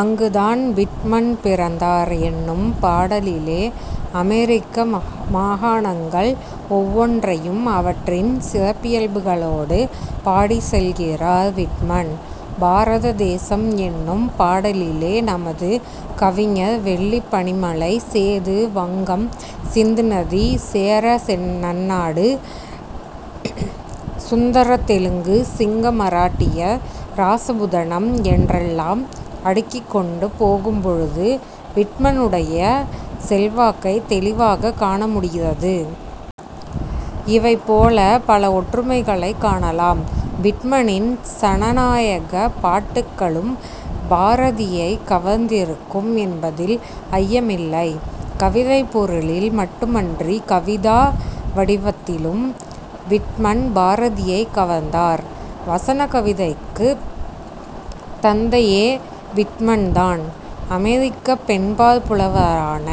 அங்குதான் விட்மன் பிறந்தார் என்னும் பாடலிலே அமெரிக்க மாகாணங்கள் ஒவ்வொன்றையும் அவற்றின் சிறப்பியல்புகளோடு பாடிச் செல்கிறார் விட்மன். பாரத தேசம் என்னும் பாடலிலே நமது கவிஞர் வெள்ளிப் பனிமலை. சேது, வங்கம், சிந்து நதி, சேர நன்னாடு, சுந்தரத் தெலுங்கு, சிங்க மராட்டியர், ராசபுதனம் என்றெல்லாம் அடுக்கிக்கொண்டு போகும்பொழுது விட்மனுடைய செல்வாக்கைத் தௌிவாகக் காணமுடிகிறது. இவைபோலப் பல ஒற்றுமைகளைக் காணலாம். விட்மனின் சனநாயகப் பாட்டுக்களும் பாரதியைக் கவர்ந்திருக்கும் என்பதில் ஐயமில்லை. கவிதைப் பொருளில் மட்டுமன்றி, கவிதா வடிவத்திலும் விட்மன் பாரதியைக் கவர்ந்தார். வசன கவிதைக்குத் தந்தையே விட்மன் தான். அமெரிக்கப் பெண்பாற் புலவரான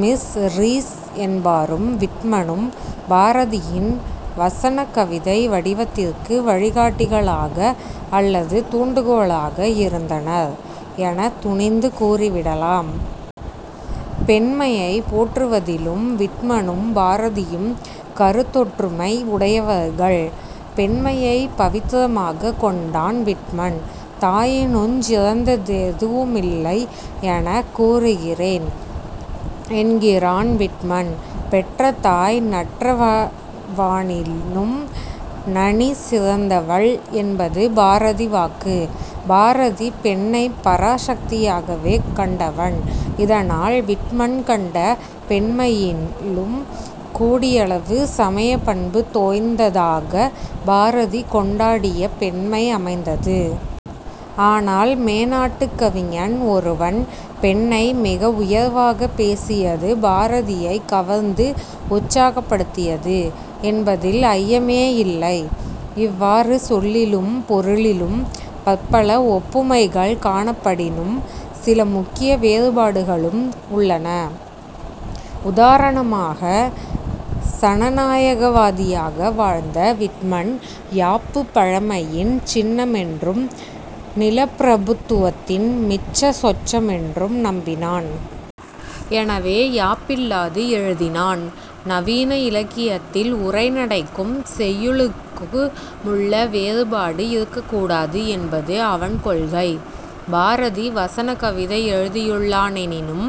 மிஸ் ரீஸ் என்பாரும் விட்மனும் பாரதியின் வசன கவிதை வடிவத்திற்கு வழிகாட்டிகளாக அல்லது தூண்டுகோலாக இருந்தனர் எனத் துணிந்து கூறிவிடலாம். பெண்மையை போற்றுவதிலும் விட்மனும் பாரதியும் கருத்தொற்றுமை உடையவர்கள். பெண்மையைப் பவித்திரமாகக் கொண்டான் விட்மன். "தாயினுஞ் சிறந்ததெதுவுமில்லை எனக் கூறுகிறேன்" என்கிறான் விட்மன். "பெற்றதாய் நற்றவ வானினும் நனி சிறந்தவள்" என்பது பாரதி வாக்கு. பாரதி பெண்ணைப் பராசக்தியாகவே கண்டவன். இதனால் விட்மன் கண்ட பெண்மையிலும் கூடியளவு சமயப் பண்பு தோய்ந்ததாகப் பாரதி கொண்டாடிய பெண்மை அமைந்தது. ஆனால் மேனாட்டுக் கவிஞன் ஒருவன் பெண்ணை மிக உயர்வாகப் பேசியது பாரதியைக் கவர்ந்து உற்சாகப்படுத்தியது என்பதில் ஐயமேயில்லை. இவ்வாறு சொல்லிலும் பொருளிலும் பற்பல ஒப்புமைகள் காணப்படினும் சில முக்கிய வேறுபாடுகளும் உள்ளன. உதாரணமாக சனநாயகவாதியாக வாழ்ந்த விட்மன், யாப்பு பழமையின் சின்னமென்றும், நிலப்பிரபுத்துவத்தின் மிச்ச சொச்சமென்றும் நம்பினான். எனவே யாப்பில்லாது எழுதினான். நவீன இலக்கியத்தில் உரைநடைக்கும் செய்யுளுக்கு முள்ள வேறுபாடு இருக்கக்கூடாது என்பது அவன் கொள்கை. பாரதி 'வசன கவிதை' எழுதியுள்ளானெனினும்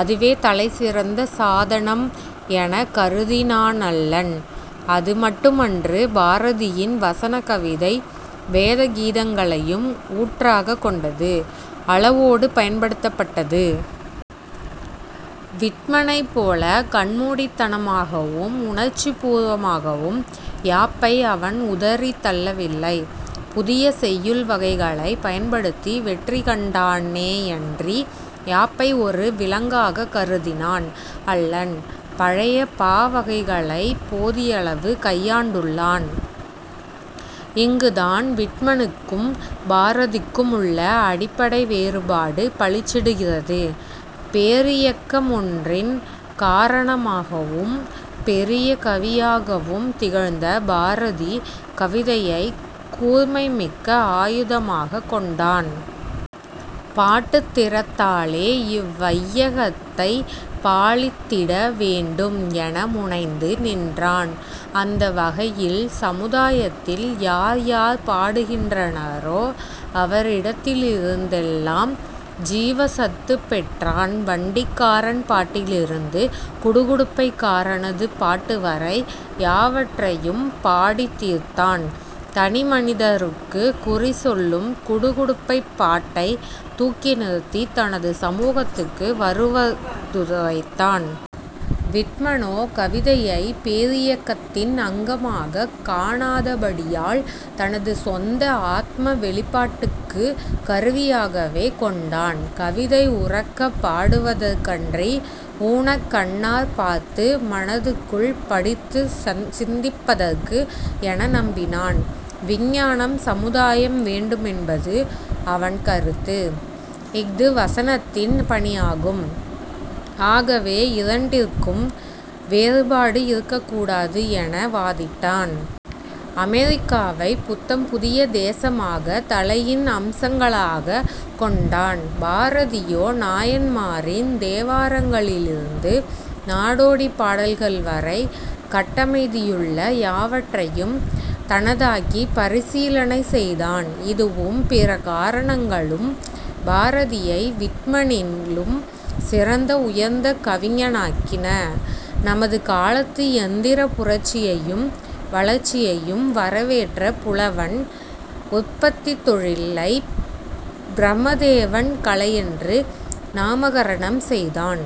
அதுவே தலை சிறந்த சாதனம் எனக் கருதினானல்லன். அது மட்டுமன்று பாரதியின் 'வசன கவிதை' வேத கீதங்களையும் ஊற்றாகக் கொண்டது. அளவோடு பயன்படுத்தப்பட்டது. விட்மனைப்போல, கண்மூடித்தனமாகவும் உணர்ச்சிப் பூர்வமாகவும் யாப்பை அவன் உதறித்தள்ளவில்லை. புதிய செய்யுள் வகைகளைப் பயன்படுத்தி வெற்றிகண்டானேயன்றி யாப்பை ஒரு விலங்காகக் கருதினான் அல்லன். பழைய பா வகைகளைப் போதியளவு கையாண்டுள்ளான். இங்குதான் விட்மனுக்கும் பாரதிக்குமுள்ள அடிப்படை வேறுபாடு, பளிச்சிடுகிறது. பேரியக்க மொன்றின் காரணமாகவும் பெரிய கவியாகவும் திகழ்ந்த பாரதி, கவிதையைக் கூர்மைமிக்க ஆயுதமாகக் கொண்டான். "பாட்டுத் திறத்தாலே இவ்வையத்தைப் பாலித்திட வேண்டும்" என முனைந்து நின்றான். அந்த வகையில் சமுதாயத்தில் யார்யார் பாடுகின்றனரோ அவரிடத்திலிருந்தெல்லாம் ஜீவசத்துப் பெற்றான். வண்டிக்காரன் பாட்டிலிருந்து குடுகுடுப்பைக் காரனது பாட்டுவரை யாவற்றையும் பாடித்தீர்த்தான். தனி மனிதருக்குக் குறி சொல்லும் குடு குடுப்பைப் பாட்டைத் தூக்கி நிறுத்தித் தனது சமூகத்துக்கு வருவதுரைத்தான். விட்மனோ கவிதையைப் பேரியக்கத்தின் அங்கமாகக் காணாதபடியால், தனது சொந்த ஆத்ம வௌிப்பாட்டுக்குக் கருவியாகவே கொண்டான். கவிதை உரக்கப் பாடுவதற்கன்றி, ஊனக் கண்ணாற் பார்த்து மனத்துக்குள் படித்துச் சிந்திப்பதற்கு என நம்பினான். விஞ்ஞானம், சமுதாயம் வேண்டுமென்பது அவன் கருத்து. இஃது வசனத்தின் பணியாகும். ஆகவே, இரண்டிற்கும் வேறுபாடு இருக்கக்கூடாது என வாதிட்டான். அமெரிக்காவைப் புத்தம் புதிய தேசமாகத் தளையின் அம்சங்களாகக் கொண்டான். பாரதியோ நாயன்மாரின் தேவாரங்களிலிருந்து நாடோடிப் பாடல்கள் வரை கட்டமைதியுள்ள யாவற்றையும் தனதாக்கிப் பரிசீலனை செய்தான். இதுவும் பிற காரணங்களும் பாரதியை விட்மனிலும் சிறந்த-உயர்ந்த-கவிஞனாக்கின. நமது காலத்து யந்திரப் புரட்சியையும் வளர்ச்சியையும் வரவேற்ற புலவன் உற்பத்தித் தொழிலைப் பிரமதேவன் கலையென்று நாமகரணம் செய்தான்.